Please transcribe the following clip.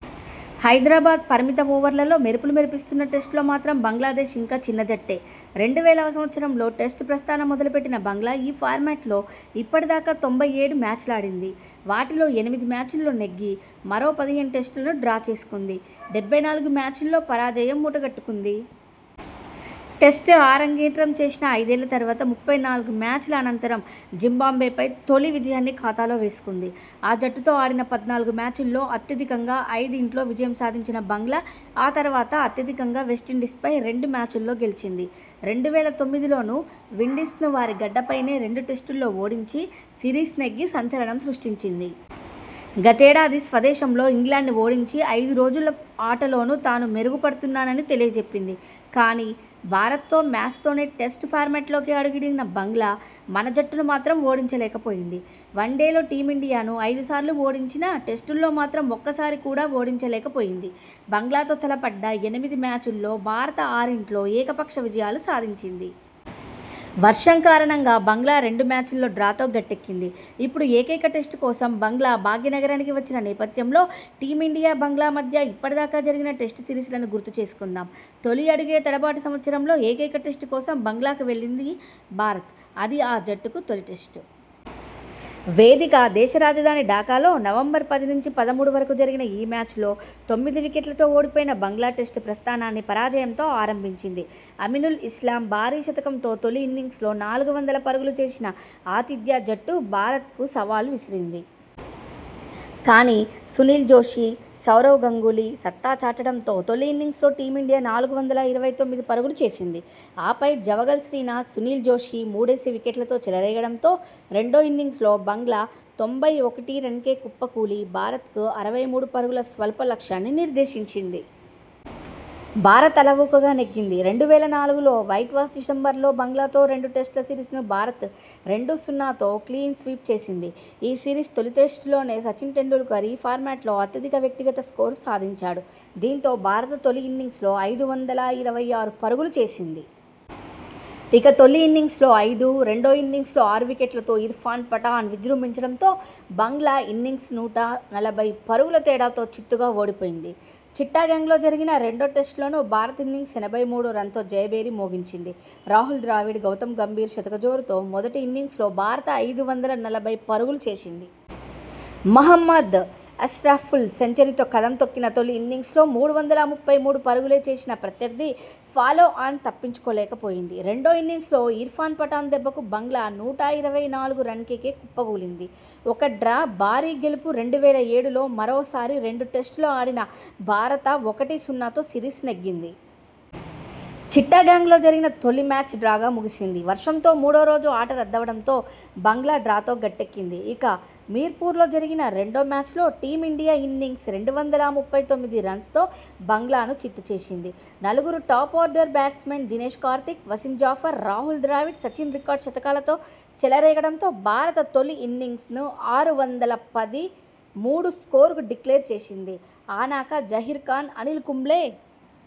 హైదరాబాద్ పరిమిత ఓవర్లలో మెరుపులు మెరిపిస్తున్నా టెస్టుల్లో మాత్రం బంగ్లాదేశ్ ఇంకా చిన్నజట్టే! రెండు వేలవ సంవత్సరంలో టెస్టు ప్రస్థానం మొదలుపెట్టిన బంగ్లా ఈ ఫార్మాట్లో ఇప్పటిదాకా తొంభై ఏడు మ్యాచ్లాడింది. వాటిలో ఎనిమిది మ్యాచ్ల్లో నెగ్గి, మరో పదిహేను టెస్టులను డ్రా చేసుకుంది. డెబ్బై నాలుగు మ్యాచ్ల్లో పరాజయం మూటగట్టుకుంది. టెస్టు అరంగేట్రం చేసిన ఐదేళ్ల తర్వాత ముప్పై నాలుగు మ్యాచ్ల అనంతరం జింబాబ్వేపై తొలి విజయాన్ని ఖాతాలో వేసుకుంది. ఆ జట్టుతో ఆడిన పద్నాలుగు మ్యాచ్ల్లో అత్యధికంగా ఐదింట్లో విజయం సాధించిన బంగ్లా ఆ తర్వాత అత్యధికంగా వెస్టిండీస్పై రెండు మ్యాచ్ల్లో గెలిచింది. రెండు వేల తొమ్మిదిలోనూ విండీస్ను వారి గడ్డపైనే రెండు టెస్టుల్లో ఓడించి సిరీస్ నెగ్గి సంచలనం సృష్టించింది. గతేడాది స్వదేశంలో ఇంగ్లండ్ను ఓడించి ఐదు రోజుల ఆటలోనూ తాను మెరుగుపడుతున్నానని తెలియజెప్పింది. కానీ, భారతతో మ్యాచ్తోనే టెస్టు ఫార్మాట్లోకి అడుగిడిన బంగ్లా మన జట్టును మాత్రం ఓడించలేకపోయింది. వన్డేల్లో టీమిండియాను ఐదు సార్లు ఓడించినా టెస్టుల్లో మాత్రం ఒక్కసారి కూడా ఓడించలేకపోయింది. బంగ్లాతో తలపడ్డ ఎనిమిది మ్యాచ్ల్లో భారత ఆరింట్లో ఏకపక్ష విజయాలు సాధించింది. వర్షం కారణంగా బంగ్లా రెండు మ్యాచ్ల్లో డ్రాతో గట్టెక్కింది. ఇప్పుడు ఏకైక టెస్టు కోసం బంగ్లాభాగ్యనగరానికి వచ్చిన నేపథ్యంలో టీమిండియా-బంగ్లా మధ్య ఇప్పటిదాకా జరిగిన టెస్టు సిరీస్లను గుర్తు చేసుకుందాం! తొలి అడుగే తడబాటు సంవత్సరంలో ఏకైక టెస్టు కోసం బంగ్లాకు వెళ్లింది భారత. అది ఆ జట్టుకు తొలి టెస్టు. వేదిక దేశ రాజధాని ఢాకాలో నవంబర్ పది నుంచి పదమూడు వరకు జరిగిన ఈ మ్యాచ్లో తొమ్మిది వికెట్లతో ఓడిపోయిన బంగ్లా టెస్టు ప్రస్థానాన్ని పరాజయంతో ఆరంభించింది. అమినుల్ ఇస్లాం భారీ శతకంతో తొలి ఇన్నింగ్స్లో నాలుగు వందల పరుగులు చేసిన ఆతిథ్య జట్టు భారతకు సవాల్ విసిరింది. కానీ, సునీల్ జోషి, సౌరవ్ గంగూలీ సత్తా చాటడంతో తొలి ఇన్నింగ్స్లో టీమిండియా నాలుగు వందల ఇరవై తొమ్మిది పరుగులు చేసింది. ఆపై జవగళ్ శ్రీనాథ్, సునీల్ జోషి మూడేసి వికెట్లతో చెలరేగడంతో రెండో ఇన్నింగ్స్లో బంగ్లా తొంభై ఒకటి రన్స్కే కుప్పకూలి భారతకు అరవై మూడు పరుగుల స్వల్ప లక్ష్యాన్ని నిర్దేశించింది. భారత అలవోకగా నెగ్గింది. రెండు వేల నాలుగులో వైట్వాష్ డిసెంబర్లో బంగ్లాతో రెండు టెస్టుల సిరీస్ను భారత రెండు-సున్నాతో క్లీన్స్వీప్ చేసింది. ఈ సిరీస్ తొలి టెస్టులోనే సచిన్ టెండూల్కర్ ఈ ఫార్మాట్లో అత్యధిక వ్యక్తిగత స్కోరు సాధించాడు. దీంతో భారత తొలి ఇన్నింగ్స్లో ఐదు వందల ఇరవై ఆరు పరుగులు చేసింది. ఇక తొలి ఇన్నింగ్స్లో ఐదు, రెండో ఇన్నింగ్స్ల్లో ఆరు వికెట్లతో ఇర్ఫాన్ పఠాన్ విజృంభించడంతో బంగ్లా ఇన్నింగ్స్ నూట నలభై పరుగుల తేడాతో చిత్తుగా ఓడిపోయింది. చిట్టగాంగ్లో జరిగిన రెండో టెస్టులోనూ భారత ఇన్నింగ్స్ ఎనభై మూడు రన్స్తో జయభేరి మోగించింది. రాహుల్ ద్రావిడ్, గౌతమ్ గంభీర్ శతక జోరుతో మొదటి ఇన్నింగ్స్లో భారత ఐదు వందల నలభై పరుగులు చేసింది. మహ్మద్ అష్రఫుల్ సెంచరీతో కదం తొక్కినా తొలి ఇన్నింగ్స్లో మూడు వందల ముప్పై మూడు పరుగులే చేసిన ప్రత్యర్థి ఫాలోఆన్ తప్పించుకోలేకపోయింది. రెండో ఇన్నింగ్స్లో ఇర్ఫాన్ పఠాన్ దెబ్బకు బంగ్లా నూట ఇరవై నాలుగు రన్స్కే కుప్పకూలింది. ఒక డ్రా భారీ గెలుపు రెండు వేల ఏడులో మరోసారి రెండు టెస్టులు ఆడిన భారత ఒకటి-సున్నాతో సిరీస్ నెగ్గింది. చిట్టగాంగ్లో జరిగిన తొలి మ్యాచ్ డ్రాగా ముగిసింది. వర్షంతో మూడో రోజు ఆట రద్దవడంతో బంగ్లా డ్రాతో గట్టెక్కింది. ఇక మిర్పూర్లో జరిగిన రెండో మ్యాచ్లో టీమిండియా ఇన్నింగ్స్ రెండు వందల ముప్పై తొమ్మిది రన్స్తో బంగ్లాను చిత్తు చేసింది. నలుగురు top order batsmen Dinesh Karthik, Wasim Jaffer, Rahul Dravid, Sachin record శతకాలతో చెలరేగడంతో భారత తొలి ఇన్నింగ్స్ను ఆరు వందల పది/మూడు స్కోరుకు డిక్లేర్ చేసింది. ఆనక జహీర్ ఖాన్, అనిల్ కుంబ్లే